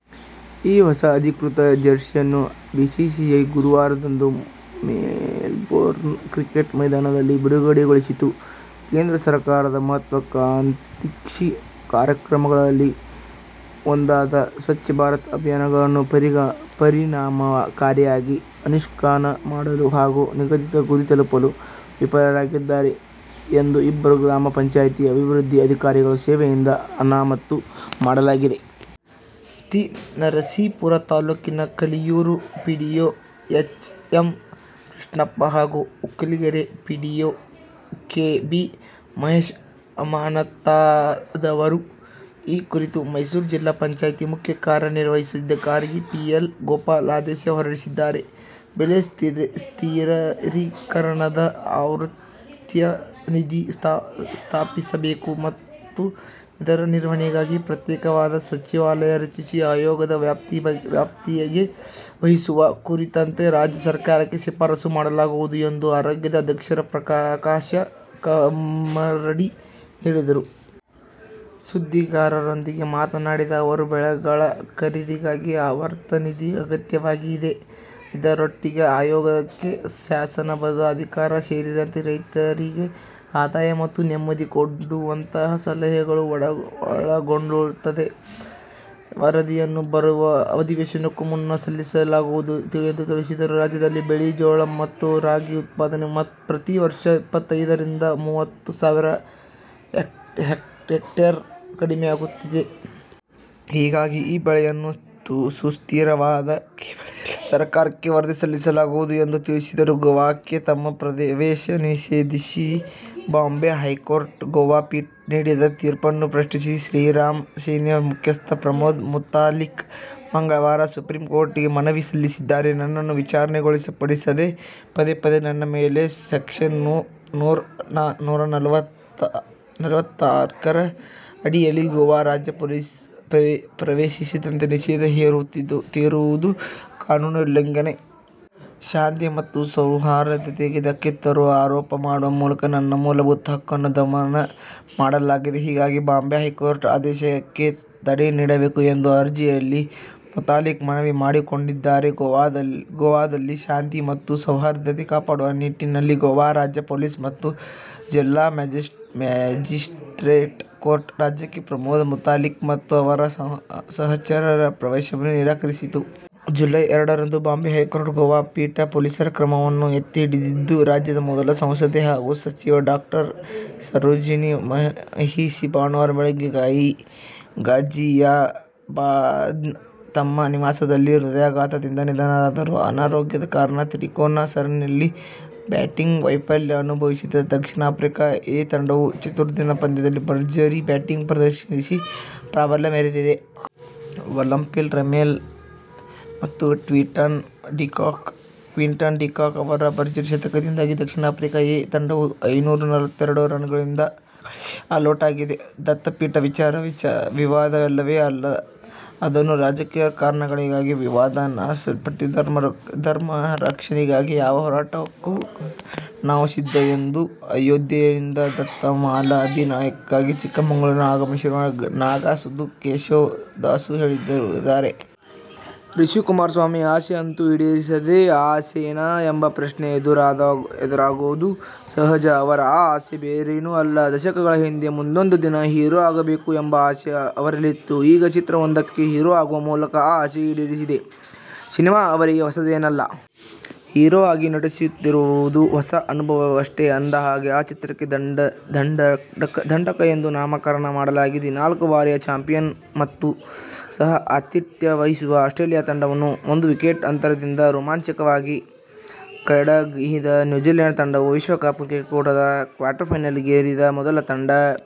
ಈ ಹೊಸ ಅಧಿಕೃತ ಜೆರ್ಸಿಯನ್ನು ಬಿಸಿಸಿಐ ಗುರುವಾರದಂದು ಮೆಲ್ಬೊರ್ನ್ ಕ್ರಿಕೆಟ್ ಮೈದಾನದಲ್ಲಿ ಬಿಡುಗಡೆಗೊಳಿಸಿತು. ಕೇಂದ್ರ ಸರ್ಕಾರದ ಮಹತ್ವಾಕಾಂಕ್ಷಿ ಕಾರ್ಯಕ್ರಮಗಳಲ್ಲಿ ಒಂದಾದ "ಸ್ವಚ್ಛ ಭಾರತ' ಅಭಿಯಾನವನ್ನು ಪರಿಣಾಮಕಾರಿಯಾಗಿ ಅನುಷ್ಠಾನ ಮಾಡಲು ಹಾಗೂ ನಿಗದಿತ ಗುರಿ ತಲುಪಲು ವಿಫಲರಾಗಿದ್ದಾರೆ ಎಂದು ಇಬ್ಬರು ಗ್ರಾಮ ಪಂಚಾಯಿತಿ ಅಭಿವೃದ್ಧಿ ಅಧಿಕಾರಿಗಳನ್ನು ಸೇವೆಯಿಂದ ಅಮಾನತು ಮಾಡಲಾಗಿದೆ. ತಿ.ನರಸೀಪುರ ತಾಲೂಕಿನ Kaliyur PDO H. M. Krishnappa ಹಾಗೂ Ukkalagere PDO K. B. Mahesh ಅಮಾನತಾದವರು. ಈ ಕುರಿತು ಮೈಸೂರು ಜಿಲ್ಲಾ ಪಂಚಾಯಿತಿ ಮುಖ್ಯ ಕಾರ್ಯನಿರ್ವಹಣಾಧಿಕಾರಿ ಪಿ.ಎ.ಗೋಪಾಲ್ ಆದೇಶ ಹೊರಡಿಸಿದ್ದಾರೆ. ಬೆಲೆ ಸ್ಥಿರೀಕರಣದ ಆವರ್ತ ನಿಧಿ ಸ್ಥಾಪಿಸಬೇಕು ಮತ್ತು ಇದರ ನಿರ್ವಹಣೆಗಾಗಿ ಪ್ರತ್ಯೇಕವಾದ ಸಚಿವಾಲಯ ರಚಿಸಿ ಆಯೋಗದ ವ್ಯಾಪ್ತಿಗೆ ವಹಿಸುವ ಕುರಿತಂತೆ ರಾಜ್ಯ ಸರ್ಕಾರಕ್ಕೆ ಶಿಫಾರಸು ಮಾಡಲಾಗುವುದು ಎಂದು ಆಯೋಗದ ಅಧ್ಯಕ್ಷ ಪ್ರಕಾಶ ಕಮ್ಮರಡಿ ಹೇಳಿದರು. ಸುದ್ದಿಗಾರರೊಂದಿಗೆ ಮಾತನಾಡಿದ ಅವರು, ಬೆಳೆಗಳ ಖರೀದಿಗಾಗಿ ಆವರ್ತ ನಿಧಿ ಅಗತ್ಯವಾಗಿದೆ. ಇದರೊಟ್ಟಿಗೆ ಆಯೋಗಕ್ಕೆ ಶಾಸನ ಬದ್ಧ ಅಧಿಕಾರ ಸೇರಿದಂತೆ ರೈತರಿಗೆ ಆದಾಯ ಮತ್ತು ನೆಮ್ಮದಿ ಕೊಡುವಂಥ ಸಲಹೆಗಳು ಒಳಗೊಂಡಂತೆ ವರದಿಯನ್ನು ಬರುವ ಅಧಿವೇಶನಕ್ಕೂ ಮುನ್ನ ಸಲ್ಲಿಸಲಾಗುವುದು ಎಂದು ತಿಳಿಸಿದರು. ರಾಜ್ಯದಲ್ಲಿ ಬಿಳಿ ಜೋಳ ಮತ್ತು ರಾಗಿ ಉತ್ಪಾದನೆ ಪ್ರತಿ ವರ್ಷ ಇಪ್ಪತ್ತೈದರಿಂದ ಮೂವತ್ತು ಸಾವಿರ ಹೆಕ್ಟೇರ್ ಕಡಿಮೆಯಾಗುತ್ತಿದೆ. ಹೀಗಾಗಿ ಈ ಬೆಳೆಯನ್ನು ಸುಸ್ಥಿರವಾಗಿ ಬೆಳೆಯಲು ಸರ್ಕಾರಕ್ಕೆ ವರದಿ ಸಲ್ಲಿಸಲಾಗುವುದು ಎಂದು ತಿಳಿಸಿದರು. ಗೋವಾಕ್ಕೆ ತಮ್ಮ ಪ್ರವೇಶ ನಿಷೇಧಿಸಿ ಬಾಂಬೆ ಹೈಕೋರ್ಟ್ನ ಗೋವಾ ಪೀಠ ನೀಡಿದ್ದ ತೀರ್ಪನ್ನು ಪ್ರಶ್ನಿಸಿ ಶ್ರೀರಾಮ ಸೇನೆ ಮುಖ್ಯಸ್ಥ ಪ್ರಮೋದ್ ಮುತಾಲಿಕ್ ಮಂಗಳವಾರ ಸುಪ್ರೀಂ ಕೋರ್ಟ್ಗೆ ಮನವಿ ಸಲ್ಲಿಸಿದ್ದಾರೆ. ನನ್ನನ್ನು ವಿಚಾರಣೆಗೊಳಪಡಿಸದೇ ಪದೇ ಪದೇ ನನ್ನ ಮೇಲೆ ಸೆಕ್ಷನ್ ನೂರ ನಲವತ್ನಾಲ್ಕರ ಅಡಿ ವಿಧಿಸಿ ಗೋವಾ ರಾಜ್ಯ ಪ್ರವೇಶಿಸದಂತೆ ನಿಷೇಧ ಹೇರುತ್ತಿರುವುದು ಕಾನೂನಿನ ಉಲ್ಲಂಘನೆ. ಶಾಂತಿ ಮತ್ತು ಸೌಹಾರ್ಧತೆಗೆ ಧಕ್ಕೆ ತರುವ ಆರೋಪ ಮಾಡುವ ಮೂಲಕ ನನ್ನ ಮೂಲಭೂತ ಹಕ್ಕನ್ನು ದಮನ ಮಾಡಲಾಗಿದೆ. ಹೀಗಾಗಿ ಬಾಂಬೆ ಹೈಕೋರ್ಟ್ನ ಆದೇಶಕ್ಕೆ ತಡೆ ನೀಡಬೇಕು ಎಂದು ಅರ್ಜಿಯಲ್ಲಿ ಮುತಾಲಿಕ್ ಮನವಿ ಮಾಡಿಕೊಂಡಿದ್ದಾರೆ. ಗೋವಾದಲ್ಲಿ ಶಾಂತಿ ಮತ್ತು ಸೌಹಾರ್ದತೆ ಕಾಪಾಡುವ ನಿಟ್ಟಿನಲ್ಲಿ ಗೋವಾ ರಾಜ್ಯ ಪೊಲೀಸ್ ಮತ್ತು ಜಿಲ್ಲಾ ಮ್ಯಾಜಿಸ್ಟ್ರೇಟ್ ಕೋರ್ಟ್ ರಾಜ್ಯಕ್ಕೆ ಪ್ರಮೋದ್ ಮುತಾಲಿಕ್ ಮತ್ತು ಅವರ ಸಹಚರರ ಪ್ರವೇಶವನ್ನು ನಿರಾಕರಿಸಿತ್ತು. ಜುಲೈ ಎರಡರಂದು ಬಾಂಬೆ ಹೈಕೋರ್ಟ್ನ ಗೋವಾ ಪೀಠ ಪೊಲೀಸರ ಕ್ರಮವನ್ನು ಎತ್ತಿಹಿಡಿದಿತ್ತು. ರಾಜ್ಯದ ಮೊದಲ ಸಂಸದೆ ಹಾಗೂ ಸಚಿವೆ ಡಾ. ಸರೋಜಿನಿ ಮಹಿಷಿ ಭಾನುವಾರ ಬೆಳಿಗ್ಗೆ ಗಾಜಿಯಾಬಾದ್ನ ತಮ್ಮ ನಿವಾಸದಲ್ಲಿ ಹೃದಯಾಘಾತದಿಂದ ನಿಧನರಾದರು. ಅನಾರೋಗ್ಯದ ಕಾರಣ ತ್ರಿಕೋನ ಸರಣಿಯಲ್ಲಿ ಬ್ಯಾಟಿಂಗ್ ವೈಫಲ್ಯ ಅನುಭವಿಸಿದ್ದ ದಕ್ಷಿಣ ಆಫ್ರಿಕಾ "ಎ' ತಂಡವು ಚತುರ್ದಿನ ಪಂದ್ಯದಲ್ಲಿ ಭರ್ಜರಿ ಬ್ಯಾಟಿಂಗ್ ಪ್ರದರ್ಶಿಸಿ ಪ್ರಾಬಲ್ಯ ಮೆರೆದಿದೆ. ಒಂಪಿಲ್ ರಮೆಲ ಮತ್ತು ಕ್ವಿಂಟನ್ ಡಿ ಕಾಕ್ ಅವರ ಭರ್ಜರಿ ಶತಕದಿಂದಾಗಿ ದಕ್ಷಿಣ ಆಫ್ರಿಕಾ "ಎ' ತಂಡವು ಐನೂರ ನಲವತ್ತೆರಡು ರನ್ ಗಳಿಸಿ ಆಲೌಟಾಗಿದೆ. ದತ್ತಪೀಠ ವಿಚಾರ ವಿವಾದ ಅಲ್ಲವೇ ಅಲ್ಲ. ಅದನ್ನು ರಾಜಕೀಯ ಕಾರಣಗಳಿಗಾಗಿ ವಿವಾದವನ್ನಾಗಿಸಲಾಗುತ್ತಿದೆ. ಧರ್ಮ ರಕ್ಷಣೆಗಾಗಿ ಯಾವ ಹೋರಾಟಕ್ಕೂ ನಾವು ಸಿದ್ಧ ಎಂದು ಅಯೋಧ್ಯೆಯಿಂದ ದತ್ತಮಾಲಾ ಅಭಿಯಾನಕ್ಕಾಗಿ ಚಿಕ್ಕಮಗಳೂರಿಗೆ ಆಗಮಿಸಿರುವ ನಾಗಾ ಸಾಧು ಕೇಶವದಾಸು ಹೇಳಿದ್ದಾರೆ. ರಿಷಿಕುಮಾರ ಸ್ವಾಮಿ ಆಸೆ ಅಂತೂ ಈಡೇರಿದೆ. ಆಸೆನಾ ಎಂಬ ಪ್ರಶ್ನೆ ಎದುರಾಗೋದು ಸಹಜ. ಅವರ ಆ ಆಸೆ ಬೇರೇನೂ ಅಲ್ಲ, ದಶಕಗಳ ಹಿಂದೆ, ಮುಂದೊಂದು ದಿನ ಹೀರೋ ಆಗಬೇಕು ಎಂಬ ಆಸೆ ಅವರಲ್ಲಿತ್ತು. ಈಗ ಚಿತ್ರವೊಂದಕ್ಕೆ ಹೀರೋ ಆಗುವ ಮೂಲಕ ಆ ಆಸೆ ಈಡೇರಿದೆ. ಸಿನಿಮಾ ಅವರಿಗೆ ಹೊಸದೇನಲ್ಲ. ಹೀರೋ ಆಗಿ ನಟಿಸುತ್ತಿರುವುದು ಹೊಸ ಅನುಭವವಷ್ಟೇ. ಅಂದಹಾಗೆ, ಆ ಚಿತ್ರಕ್ಕೆ "ದಂಢಕ' ಎಂದು ನಾಮಕರಣ ಮಾಡಲಾಗಿದೆ. ನಾಲ್ಕು ಬಾರಿಯ ಚಾಂಪಿಯನ್ ಮತ್ತು ಸಹ ಆತಿಥ್ಯ ವಹಿಸಿರುವ ಆಸ್ಟ್ರೇಲಿಯ ತಂಡವನ್ನು ಒಂದು ವಿಕೆಟ್ ಅಂತರದಿಂದ ರೋಮಾಂಚಕವಾಗಿ ಕೆಡಹಿದ ನ್ಯೂಜಿಲ್ಯಾಂಡ್ ತಂಡವು ವಿಶ್ವ ಕಪ್ ಕ್ರಿಕೆಟ್ ಕೂಟದ ಕ್ವಾರ್ಟರ್ಫೈನಲಿಗೇರಿದ ಮೊದಲ ತಂಡ.